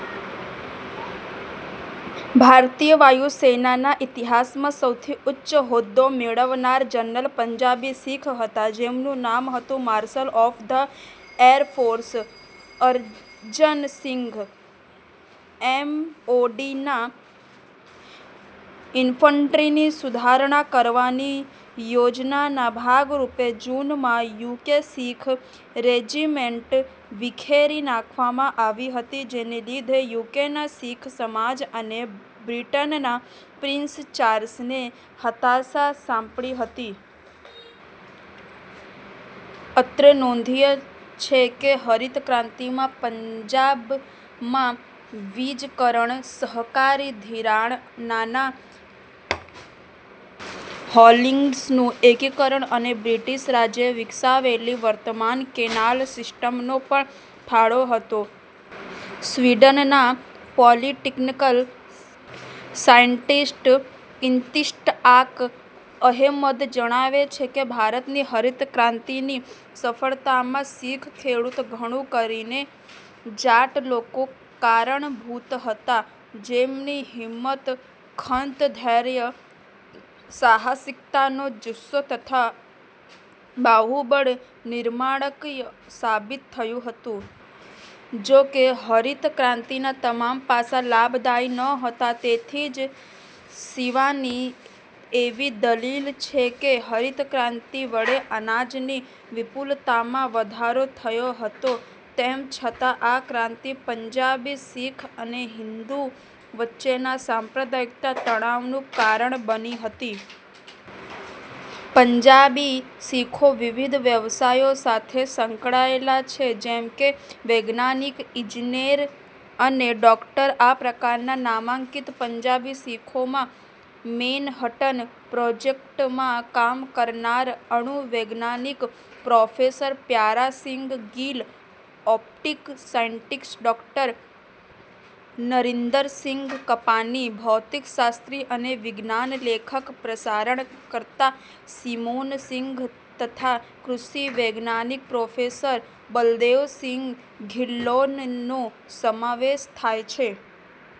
ભારતીય વાયુ સેનાના ઇતિહાસમાં સૌથી ઉચ્ચ હોદ્દો મેળવનાર જનરલ પંજાબી શીખ હતા, જેમનું નામ હતું marshal of the air force Arjan Singh. એમઓડીના ઈનફન્ટ્રીની સુધારણા કરવાની યોજનાના ભાગરૂપે જૂન માં યુકે શીખ રેજિમેન્ટ વિખેરી નાખવામાં આવી હતી, જેને લીધે યુકેના શીખ સમાજ અને બ્રિટનના પ્રિન્સ ચાર્લ્સને હતાશા સાંપડી હતી. અત્રે નોંધનીય છે કે હરિત ક્રાંતિમાં પંજાબમાં વીજકરણ, સહકારી ધિરાણ, નાનાં હોલ્ડિંગ્સનું એકીકરણ અને બ્રિટીશ રાજે વિકસાવેલી વર્તમાન કેનાલ સિસ્ટમનો પણ ફાળો હતો. સ્વીડનનાં પોલિટિકલ સાયન્ટિસ્ટ, ઈશ્તિઆક અહેમદ જણાવે છે કે, ભારતની હરિત ક્રાંતિની સફળતામાં 'શીખ ખેડૂત, ઘણું કરીને જાટ લોકો કારણભૂત હતા જેમની હિંમત, ખંત-ધૈર્ય, સાહસિકતાનો જુસ્સો તથા બાહુબળ નિર્ણાયક સાબિત થયું હતું. ' જો કે, હરિત ક્રાતિના તમામ પાસા લાભદાયી નહોતા. તેથી જ શિવાની એવી દલીલ છે કે હરિત ક્રાંતિ વડે અનાજની વિપુલતામાં વધારો થયો હતો, તેમ છતાં આ ક્રાંતિ પંજાબી શીખ અને હિંદુ વચ્ચેના સાંપ્રદાયિક તણાવનું કારણ બની હતી. પંજાબી શીખો વિવિધ વ્યવસાયો સાથે સંકળાયેલા છે જેમ કે વૈજ્ઞાનિક, ઈજનેર અને ડોક્ટર; આ પ્રકારના નામાંકિત પંજાબી શીખોમાં મેનહટન પ્રોજેક્ટમાં કામ કરનારા અણુ વૈજ્ઞાનિક professor Pyara Singh Gill, optic scientist ડો. નરિન્દરસિંઘ કપાની, ભૌતિકશાસ્ત્રી અને વિજ્ઞાન લેખક/ પ્રસારણકર્તા સિમોન સિંઘ તથા કૃષિ વૈજ્ઞાનિક પ્રોફેસર બલદેવસિંઘ ધિલ્લોનનો સમાવેશ થાય છે.